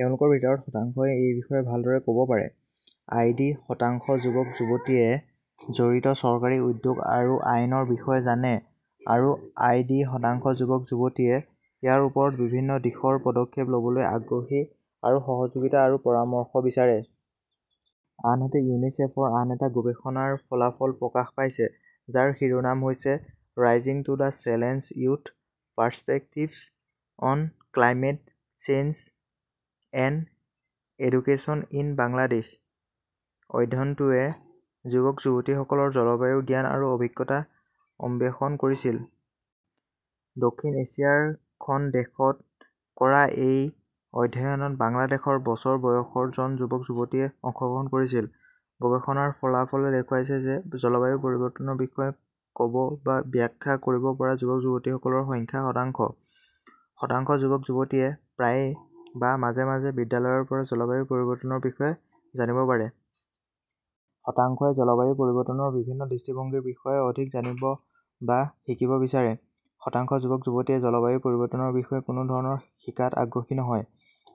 তেওঁলোকৰ ভিতৰত শতাংশই এই বিষয়ে ভালদৰে ক 'ব পাৰে। আই. ডি. শতাংশ যুৱক-যুৱতীয়ে জড়িত চৰকাৰী উদ্যোগ আৰু আইনৰ বিষয়ে জানে আৰু আই. ডি. শতাংশ যুৱক-যুৱতীয়ে ইয়াৰ ওপৰত বিভিন্ন দিশৰ পদক্ষেপ ল'বলৈ আগ্ৰহী আৰু সহযোগিতা আৰু পৰামৰ্শ বিচাৰে। আনহাতে ইউনিচেফ ৰ আন এটা গৱেষণাৰ ফলাফল প্ৰকাশ পাইছে, যাৰ শিৰোনাম হৈছে 'rising to the challenge youth perspectives on climate change and education in Bangladesh. অধ্যয়নটোৱে যুৱক-যুৱতীসকলৰ জলবায়ুৰ জ্ঞান আৰু অভিজ্ঞতা অন্বেষণ কৰিছিল। দক্ষিণ এছিয়াৰ খন দেশত কৰা এই অধ্যয়নত বাংলাদেশৰ বছৰ বয়সৰ জন যুৱক-যুৱতীয়ে অংশগ্ৰহণ কৰিছিল। গৱেষণাৰ ফলাফলে দেখুৱাইছে যে জলবায়ু পৰিৱৰ্তনৰ বিষয়ে ক'ব বা ব্যাখ্যা কৰিব পৰা যুৱক-যুৱতীসকলৰ সংখ্যা শতাংশ। শতাংশ যুৱক-যুৱতীয়ে প্ৰায়ে বা মাজে মাজে বিদ্যালয়ৰ পৰা জলবায়ু পৰিৱৰ্তনৰ বিষয়ে জানিব পাৰে। শতাংশই জলবায়ু পৰিৱৰ্তনৰ বিভিন্ন দৃষ্টিভংগীৰ বিষয়ে অধিক জানিব বা শিকিব বিচাৰে। শতাংশ যুৱক-যুৱতীয়ে জলবায়ু পৰিৱৰ্তনৰ বিষয়ে কোনো ধৰণৰ শিকাত আগ্ৰহী নহয়।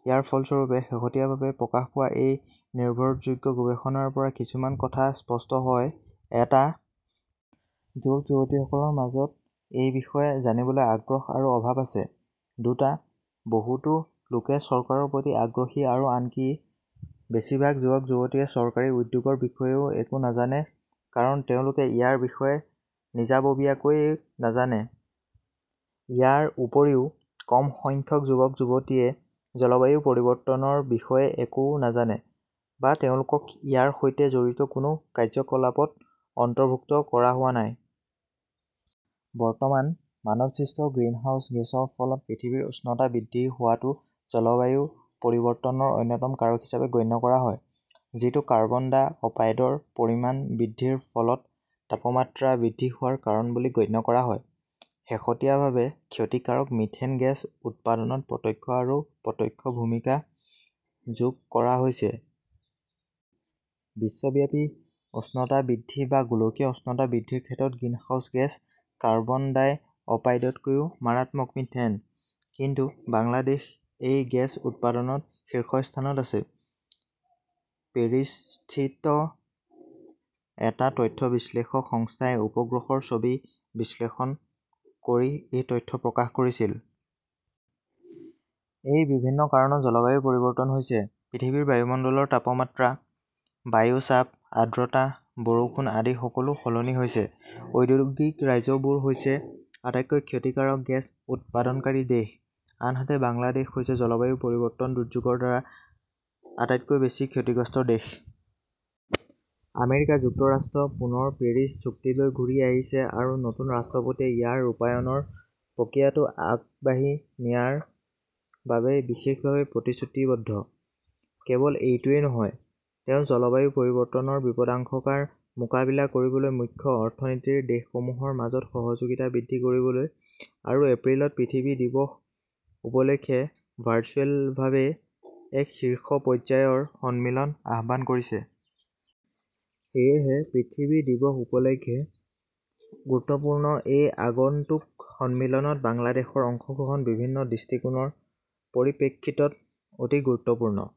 ইয়াৰ ফলস্বৰূপে শেহতীয়াভাৱে প্ৰকাশ পোৱা এই নিৰ্ভৰযোগ্য গৱেষণাৰ পৰা কিছুমান কথা স্পষ্ট হয়ঃ এটা। যুৱক-যুৱতীসকলৰ মাজত এই বিষয়ে জানিবলৈ আগ্ৰহ আৰু অভাৱ আছে; দুটা। বহুতো লোকে চৰকাৰৰ প্ৰতি আগ্ৰহী আৰু আনকি বেছিভাগ যুৱক-যুৱতীয়ে চৰকাৰী উদ্যোগৰ বিষয়েও একো নাজানে কাৰণ তেওঁলোকে ইয়াৰ বিষয়ে নিজাববীয়াকৈ নাজানে। ইয়াৰ উপৰিও, কম সংখ্যক যুৱক-যুৱতীয়ে জলবায়ু পৰিৱৰ্তনৰ বিষয়ে একো নাজানে, বা তেওঁলোকক ইয়াৰ সৈতে জড়িত কোনো কাৰ্যকলাপত অন্তৰ্ভুক্ত কৰা হোৱা নাই। বৰ্তমান মানৱসৃষ্ট গ্ৰিনহাউজ গেছৰ ফলত পৃথিৱীৰ উষ্ণতা বৃদ্ধি হোৱাটো জলবায়ু পৰিৱৰ্তনৰ অন্যতম কাৰক হিচাপে গণ্য কৰা হয়। যিটো কাৰ্বন-ডাই অপাইডৰ পৰিমাণ বৃদ্ধিৰ ফলত তাপমাত্ৰা বৃদ্ধি হোৱাৰ কাৰণ বুলি গণ্য কৰা হয়। শেহতীয়াভাৱে ক্ষতিকাৰক মিথেন গেছ উৎপাদনত প্ৰত্যক্ষ আৰু প্ৰত্যক্ষ ভূমিকা যোগ কৰা হৈছে। বিশ্বব্যাপী উষ্ণতা বৃদ্ধি বা গোলকীয় উষ্ণতা বৃদ্ধিৰ ক্ষেত্ৰত গ্ৰিনহাউজ গেছ, কাৰ্বন-ডাই অপাইডতকৈও মাৰাত্মক মিথেন। কিন্তু বাংলাদেশ এই গেছ উৎপাদনত শীৰ্ষস্থানত আছে। পেৰিছস্থিত এটা তথ্য বিশ্লেষক সংস্থাই উপগ্ৰহৰ ছবি বিশ্লেষণ কৰি এই তথ্য প্ৰকাশ কৰিছিল। এই বিভিন্ন কাৰণত জলবায়ু পৰিৱৰ্তন হৈছে-পৃথিৱীৰ বায়ুমণ্ডলৰ তাপমাত্ৰা, বায়ু চাপ, আৰ্দ্ৰতা, বৰষুণ আদি সকলো সলনি হৈছে। ঔদ্যোগিক ৰাজ্যবোৰ হৈছে আটাইতকৈ ক্ষতিকাৰক গেছ উৎপাদনকাৰী দেশ, আনহাতে বাংলাদেশ হৈছে জলবায়ু পৰিৱৰ্তন দুৰ্যোগৰ দ্বাৰা আটাইতকৈ বেছি ক্ষতিগ্ৰস্ত দেশ। আমেৰিকা যুক্তৰাষ্ট্ৰ পুনৰ পেৰিছ চুক্তিলৈ ঘূৰি আহিছে আৰু নতুন ৰাষ্ট্ৰপতিয়ে ইয়াৰ ৰূপায়ণৰ প্ৰক্ৰিয়াটো আগবাঢ়ি নিয়াৰ বাবে বিশেষভাৱে প্ৰতিশ্ৰুতিবদ্ধ। কেৱল এইটোৱেই নহয়, তেওঁ জলবায়ু পৰিৱৰ্তনৰ বিপদাশংকাৰ মোকাবিলা কৰিবলৈ মুখ্য অৰ্থনীতিৰ দেশসমূহৰ মাজত সহযোগিতা বৃদ্ধি কৰিবলৈ আৰু এপ্ৰিলত পৃথিৱী দিৱস উপলক্ষে ভাৰ্চুৱেলভাৱে এক শীৰ্ষ পৰ্যায়ৰ সন্মিলন আহ্বান কৰিছে। সেয়েহে পৃথিৱী দিৱস উপলক্ষে গুৰুত্বপূৰ্ণ এই আগন্তুক সন্মিলনত বাংলাদেশৰ অংশগ্ৰহণ বিভিন্ন দৃষ্টিকোণৰ পৰিপ্ৰেক্ষিতত অতি গুৰুত্বপূৰ্ণ।